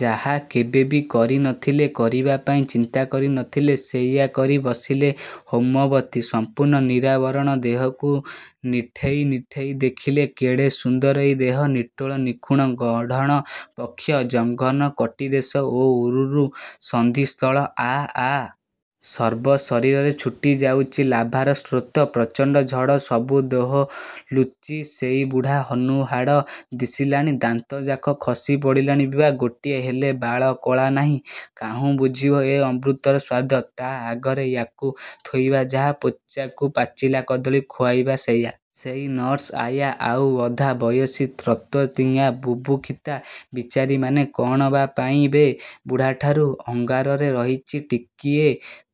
ଯାହା କେବେ ବି କରି ନଥିଲେ, କରିବାପାଇଁ ଚିନ୍ତାକରି ନ ଥିଲେ, ସେଇଆ କରି ବସିଲେ ହୈମବତୀ। ସମ୍ପୂର୍ଣ୍ଣ ନିରାବରଣ ଦେହକୁ ନିଠେଇ ନିଠେଇ ଦେଖିଲେ କେଡ଼େ ସୁନ୍ଦର ଏଇ ଦେହ-! ନିଟୋଳ ନିଖୁଣ ଗଢ଼ଣ-ବକ୍ଷ, ଜଘନ, କଟୀଦେଶ ଓ ଉରୁର ସନ୍ଧି-ସ୍ଥଳ। ଆଃ ଆଃ... ସର୍ବ ଶରୀରରେ ଛୁଟି ଯାଉଛି ଲାଭାର ସ୍ରୋତ। ପ୍ରଚଣ୍ଡ ଝଡ଼... ସବୁ ଦୋହଲୁଚି। ସେଇ ବୁଢ଼ା... ହନୁହାଡ଼ ଦିଶିଲାଣି। ଦାନ୍ତଯାକ ଖସି ପଡ଼ିଲାଣି ବିବାକ୍। ଗୋଟିଏ ହେଲେ ବାଳ କଳା ନାହିଁ। କାହୁଁ ବୁଝିବ ଏ ଅମୃତର ସ୍ୱାଦ? ତା' ଆଗରେ ୟା'କୁ ଥୋଇବା ଯାହା, ପେଚାକୁ ପାଚିଲା କଦଳୀ ଖୋଇବା ସେଇଆ। ସେଇ ନର୍ସ, ଆୟା, ଆଉ, ଅଧା ବୟସୀ ତ୍ରଂଶୋତୀର୍ଣ୍ଣା ବୁଭୁକ୍ଷୀତା ବିଚାରୀମାନେ... କ'ଣ ବା ପାଇବେ ବୁଢ଼ାଠାରୁ? ଅଙ୍ଗାରରେ ରହିଛି ଟିକିଏ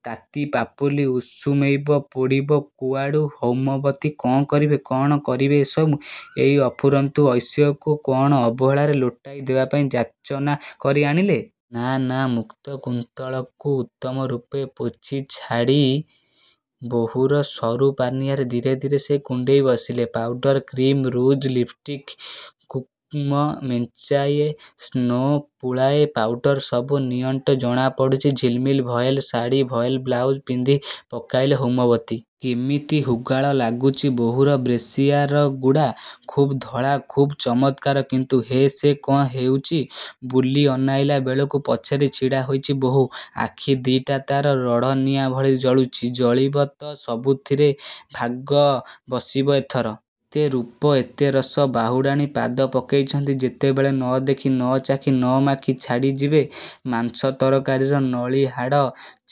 ତାତି- ପାପୁଲି ଉସୁମେଇବ, ପୋଡ଼ିବ କୁଆଡ଼ୁ? ହୈମବତୀ କ'ଣ କରିବେ? କ'ଣ କରିବେ ଏସବୁ? ଏଇ ଅଫୁରନ୍ତ ଐଶ୍ୱଯ୍ୟକୁ କ'ଣ ଅବହେଳାରେ ଲୋଟାଇ ଦେବାପାଇଁ ଯାଚନା କରି ଆଣିଲେ? ନା, ନାଁ ମୁକ୍ତ କୁନ୍ତଳକୁ ଉତ୍ତମ ରୂପେ ପୋଛି ଝାଡ଼ି ବୋହୂର ସରୁ ପାନିଆରେ ଧୀରେ ଧୀରେ ସେ କୁଣ୍ଡେଇ ବସିଲେ। ପାଉଡ଼ର, କ୍ରିମ, ଋଜ୍, ଲିପ୍ଷ୍ଟିକ, କୁଙ୍କୁମ...। ମେଞ୍ଚାଏ ସ୍ନୋ, ପୁଳାଏ ପାଉଡ଼ର ସବୁ ନିଅଣ୍ଟ ଜଣାପଡ଼ୁଛି ଝିଲିମିଲି ଭୟେଲ ଶାଢ଼ୀ, ଭୟେଲ ବ୍ଲାଉଜ ପିନ୍ଧି ପକେଇଲେ ହୈମବତୀ। କେମିତି ହୁଗୁଳା ଲାଗୁଛି ବୋହୂର ବ୍ରେସିୟାରଗୁଡ଼ା। ଖୁବ୍ ଧଳା ଖୁବ୍ ଚମତ୍କାର... କିନ୍ତୁ। ''ହେଃ ସେ କ'ଣ ହେଉଛି? '' ବୁଲି ଅନେଇଲା ବେଳକୁ, ପଛରେ ଛିଡ଼ା ହୋଇଛି ବୋହୂ। ଆଖି ଦି'ଟା ତା'ର ରଡ଼ନିଆଁ ଭଳି ଜଳୁଛି। ଜଳିବ ତ, ସବୁଥିରେ ଭାଗ ବସିବ ଏଥର। ଏତେ ରୂପ ଏତେରସ ବାହୁଡ଼ାଣୀ ପାଦ ପକେଇଛନ୍ତି ଯେତେବେଳେ, ନ ଦେଖି, ନ ଚାଖି, ନ ମାଖି, ଛାଡ଼ିଯିବେ? ମାଂସ ତରକାରୀର ନଳିହାଡ଼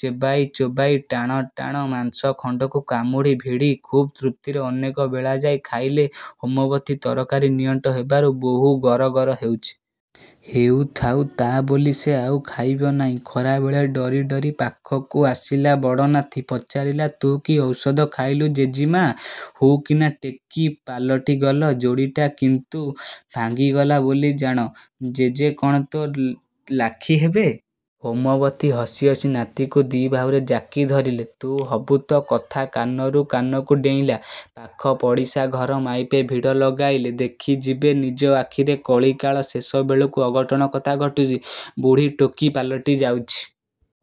ଚୋବେଇ ଚୋବେଇ ଟାଣ ଟାଣ ମାଂସ ଖଣ୍ଡକୁ କାମୁଡ଼ି ଭିଡ଼ି ଖୁବ୍ ତୃପ୍ତିରେ ଅନେକ ବେଳଯାଏ ଖାଇଲେ ହୈମବତୀ। ତରକାରୀ ନିଅଣ୍ଟ ହେବାରୁ ବୋହୂ ଗର ଗର ହେଉଛି। ହେଉଥାଉ, ତା' ବୋଲି ସେ ଆଉ ଖାଇବେ ନାହିଁ? ଖରାବେଳେ ଡରି ଡରି ପାଖକୁ ଆସିଲା ବଡ଼ ନାତି। ପଚାରିଲା; ''ତୁ, କି ଔଷଧ ଖାଇଲୁ ଜେଜୀମା, ହୁ କିନା ଟୋକୀ ପାଲଟି ଗଲ? ଯୋଡ଼ିଟା କିନ୍ତୁ ଭାଙ୍ଗିଗଲା ବୋଲି ଜାଣ। ଜେଜେ କ'ଣ ତୋ' ଲାଖି ହେବେ? ହୈମବତୀ ହସି ହସି ନାତିକୁ ଦି'ବାହୁରେ ଜାକି ଧରିଲେ। "ତୁ ହବୁତ? " କଥା କାନରୁ କାନକୁ ଡେଇଁଲା, ପାଖ ପଡ଼ିଶା ଘର ମାଇପେ ଭିଡ଼ ଲଗାଇଲେ। ଦେଖିଯିବେ ନିଜ ଆଖିରେ। କଳିକାଳ ଶେଷ ବେଳକୁ ଅଘଟଣ କଥା ଘଟୁଛି। ବୁଢ଼ୀ ଟୋକୀ ପାଲଟି ଯାଉଛି।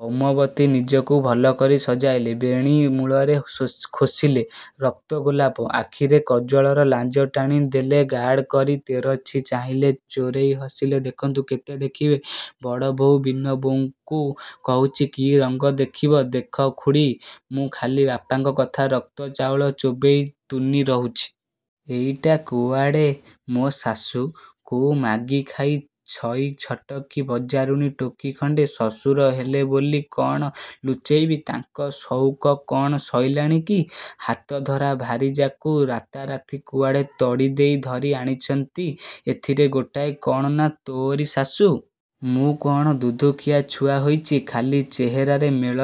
ହୈମବତୀ ନିଜକୁ ଭଲକରି ସଜାଇଲେ। ବେଣୀ ମୂଳରେ। ଖୋଷିଲେ ରକ୍ତ ଗୋଲାପ-। ଆଖିରେ କଜ୍ଜଳର ଲାଞ୍ଜ ଟାଣି ଦେଲେ, ଗାଢ଼ କରି; ତେରଛି ଚାହିଁଲେ ଚୋରେଇ ହସିଲେ ଦେଖନ୍ତୁ କେତେ ଦେଖିବେ...। ବଡ଼ବୋହୂ ବୀନ ବୋଉଙ୍କୁ କହୁଛି... ''କି ରଙ୍ଗ ଦେଖିବ, ଦେଖ ଖୁଡ଼ୀ। ମୁଁ ଖାଲି ବାପାଙ୍କ କଥାରେ ରକ୍ତ ଚାଉଳ ଚୋବେଇ ତୁନି ରହୁଛି। ଏଇଟା କୁଆଡ଼େ ମୋ ଶାଶୁ? କୋଉ ମାଗି ଖାଇ ଛଇ ଛଟକୀ ବଜାରୁଣୀ ଟୋକୀ ଖଣ୍ଡେ। ଶଶୁର ହେଲେ ବୋଲି କ'ଣ ଲୁଚେଇବି-? ତାଙ୍କ ସଉକ କ'ଣ ସଇଲାଣି କି? ହାତଧରା ଭାରିଜାକୁ ରାତାରାତି କୁଆଡ଼େ ତଡ଼ି ଦେଇ, ଧରି ଆଣିଛନ୍ତି ଏଥିରୁ ଗୋଟାଏ, କ'ଣ ନା' ତୋଅରି ଶାଶୁ। ମୁଁ କ'ଣ ଦୁଧଖିଆ ଛୁଆ ହୋଇଛି? ଖାଲି ଚେହେରାରେ ମେଳ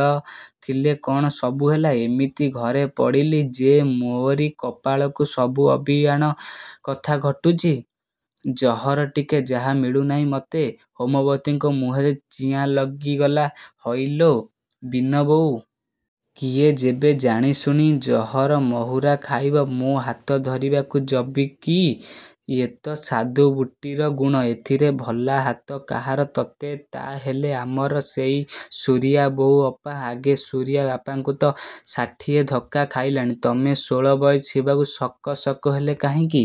ଥିଲେ କ'ଣ ସବୁ ହେଲା? ଏମିତି ଘରେ ପଡ଼ିଲି ଯେ ମୋଅରି କପାଳକୁ ସବୁ ଅଭିଆଣ କଥା ଘଟୁଛି। ଜହର ଟିକେ ଯାହା ମିଳୁନାହିଁ ମତେ। '' ହୈମବତୀଙ୍କ ମୁହଁରେ ଚିଆଁ ଲାଗିଗଲା ''ହଇଲୋ, ବୀନବୋଉ! କିଏ ଯେବେ ଜାଣିଶୁଣି ଜହର ମହୁରା ଖାଇବ, ମୁଁ ହାତ ଧରିବାକୁ ଯବି କି? ୟେ'ତ ସାଧୁ ବୁଟିର ଗୁଣ ଏଥିକି ଭଲା ହାତ କାହାର? '' ''ତମେ ତା' ହେଲେ ଆମର ସେଇ ସୁରିଆ-ବୋଉ ଅପା? ଆଗୋ, ସୁରିଆ ବାପାଙ୍କୁ ତ ଷାଠିଏ ଧକ୍କା ଖାଇଲାଣି, ତମେ ଷୋଳ ବୟସୀ ହେବାକୁ ସକ ସକ ହେଲ କାହିଁକି?